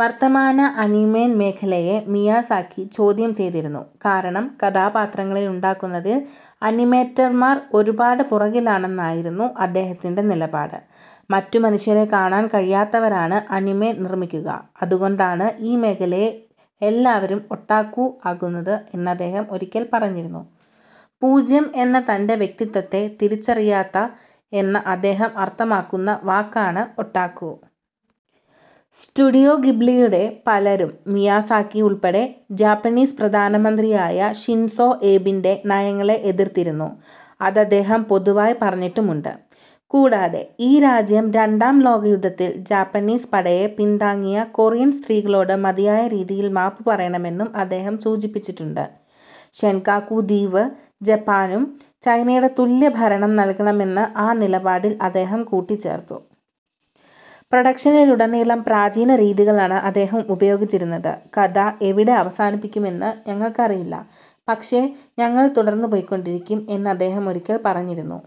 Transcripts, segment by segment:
വർത്തമാന അനിമേൻ മേഖലയെ മിയാസാക്കി ചോദ്യം ചെയ്തിരുന്നു, കാരണം കഥാപാത്രങ്ങളിൽ ഉണ്ടാക്കുന്നതിൽ അനിമേറ്റർമാർ ഒരുപാട് പുറകിലാണെന്നായിരുന്നു അദ്ദേഹത്തിന്റെ നിലപാട്. മറ്റു മനുഷ്യരെ കാണാൻ കഴിയാത്തവരാണ് അനിമെ നിർമ്മിക്കുക, അതുകൊണ്ടാണ് ഈ മേഖലയിൽ എല്ലാവരും ഒട്ടാക്കു ആകുന്നത് എന്നദ്ദേഹം ഒരിക്കൽ പറഞ്ഞിരുന്നു. പൂജ്യം എന്ന, തന്റെ വ്യക്തിത്വത്തെ തിരിച്ചറിയാത്ത എന്ന് അദ്ദേഹം അർത്ഥമാക്കുന്ന വാക്കാണ് ഒട്ടാക്കു. സ്റ്റുഡിയോ ഗിബ്ലിയുടെ പലരും, മിയാസാക്കി ഉൾപ്പെടെ ജാപ്പനീസ് പ്രധാന മന്ത്രിയായ ഷിൻസോ ഏബിന്റെ നയങ്ങളെ എതിർത്തിരുന്നു. അതദ്ദേഹം പൊതുവായി പറഞ്ഞിട്ടുമുണ്ട്. കൂടാതെ ഈ രാജ്യം രണ്ടാം ലോകയുദ്ധത്തിൽ ജാപ്പനീസ് പടയെ പിൻതാങ്ങിയ കൊറിയൻ സ്ത്രീകളോട് മതിയായ രീതിയിൽ മാപ്പ് പറയണമെന്നും അദ്ദേഹം സൂചിപ്പിച്ചിട്ടുണ്ട്. ഷെൻകാക്കു ദ്വീബ് ജപ്പാനും, ചൈനയുടെ തുല്യ ഭരണം നൽകണമെന്നും ആ നിലപാടിൽ അദ്ദേഹം കൂട്ടിച്ചേർത്തു. പ്രൊഡക്ഷനിൽ ഉടനീളം പ്രാചീന രീതികളാണ് അദ്ദേഹം ഉപയോഗിച്ചിരുന്നത്, കഥ എവിടെ അവസാനിക്കുമെന്ന് ഞങ്ങൾക്കറിയില്ല, പക്ഷെ ഞങ്ങൾ തുടർന്ന് പോയിക്കൊണ്ടിരിക്കും എന്ന് അദ്ദേഹം ഒരിക്കൽ പറഞ്ഞിരുന്നു.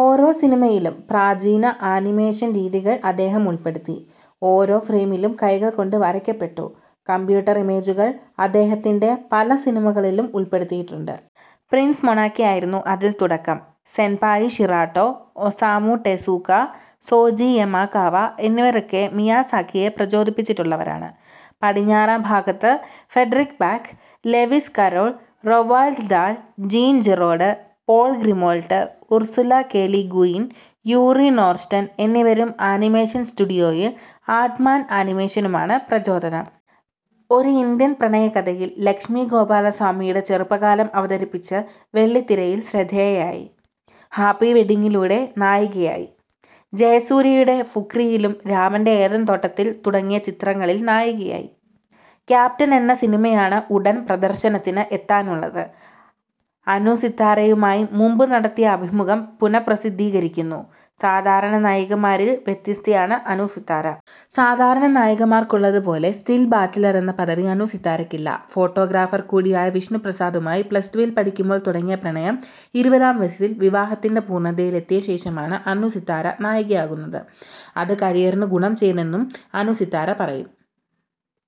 ഓരോ സിനിമയിലും, പ്രാചീന അനിമേഷൻ രീതികൾ അദ്ദേഹം ഉൾപ്പെടുത്തി. ഓരോ ഫ്രെയിമും കൈകൾകൊണ്ട് വരക്കപ്പെട്ടു. കമ്പ്യൂട്ടർ ഇമേജുകൾ അദ്ദേത്തിന്റെ പല സിനിമകളിലും ഉൾപ്പെടുത്തിയിട്ടുണ്ട്. പ്രിൻസസ് മൊണാക്കയായിരുന്നു അതിൽ തുടക്കം. Sanpei Shirato, Osamu Tezuka, Soji Yamakawa എന്നിവരൊക്കെ മിയാസാക്കിയെ പ്രചോദിപ്പിച്ചിട്ടുള്ളവരാണ്, പടിഞ്ഞാറൻ ഭാഗത്ത് Frederic Back, Lewis Carroll, Roald Dahl, Jean Giraud, Paul Grimault, Ursula K. Le Guin, Yuri Norstein എന്നിവരും, അനിമേഷൻ സ്റ്റുഡിയോയിൽ ആർഡ്മാൻ അനിമേഷനുമാണ് പ്രചോദനം. ഒരു ഇന്ത്യൻ പ്രണയകഥയിൽ ലക്ഷ്മി ഗോപാലസ്വാമിയുടെ ചെറുപ്പകാലം അവതരിപ്പിച്ച് വെള്ളിത്തിരയിൽ ശ്രദ്ധേയയായി. ഹാപ്പി വെഡ്ഡിംഗിലൂടെ നായികയായി. ജയസൂര്യയുടെ ഫുക്രിയിലും രാമന്റെ ഏദൻതോട്ടത്തിൽ തുടങ്ങിയ ചിത്രങ്ങളിൽ നായികയായി. ക്യാപ്റ്റൻ എന്ന സിനിമയാണ് ഉടൻ പ്രദർശനത്തിന് എത്താനുള്ളത്. അനുസിത്താരയുമായി മുമ്പ് നടത്തിയ അഭിമുഖം പുനഃപ്രസിദ്ധീകരിക്കുന്നു. സാധാരണ നായികമാരിൽ വ്യത്യസ്തയാണ് അനു സിത്താര. സാധാരണ നായികമാർക്കുള്ളതുപോലെ 'സ്റ്റിൽ ബാച്ചിലർ' എന്ന പദവി അനു സിത്താരയ്ക്ക് ഇല്ല. ഫോട്ടോഗ്രാഫർ കൂടിയായ വിഷ്ണുപ്രസാദുമായി പ്ലസ് ടു വിൽ പഠിക്കുമ്പോൾ തുടങ്ങിയ പ്രണയം ഇരുപതാം വയസ്സിൽ വിവാഹത്തിന്റെ പൂർണതയിലെത്തിയ ശേഷമാണ് അനു സിത്താര നായികയാകുന്നത്. അത് കരിയറിന് ഗുണം ചെയ്തെന്നും അനു സിത്താര പറയും.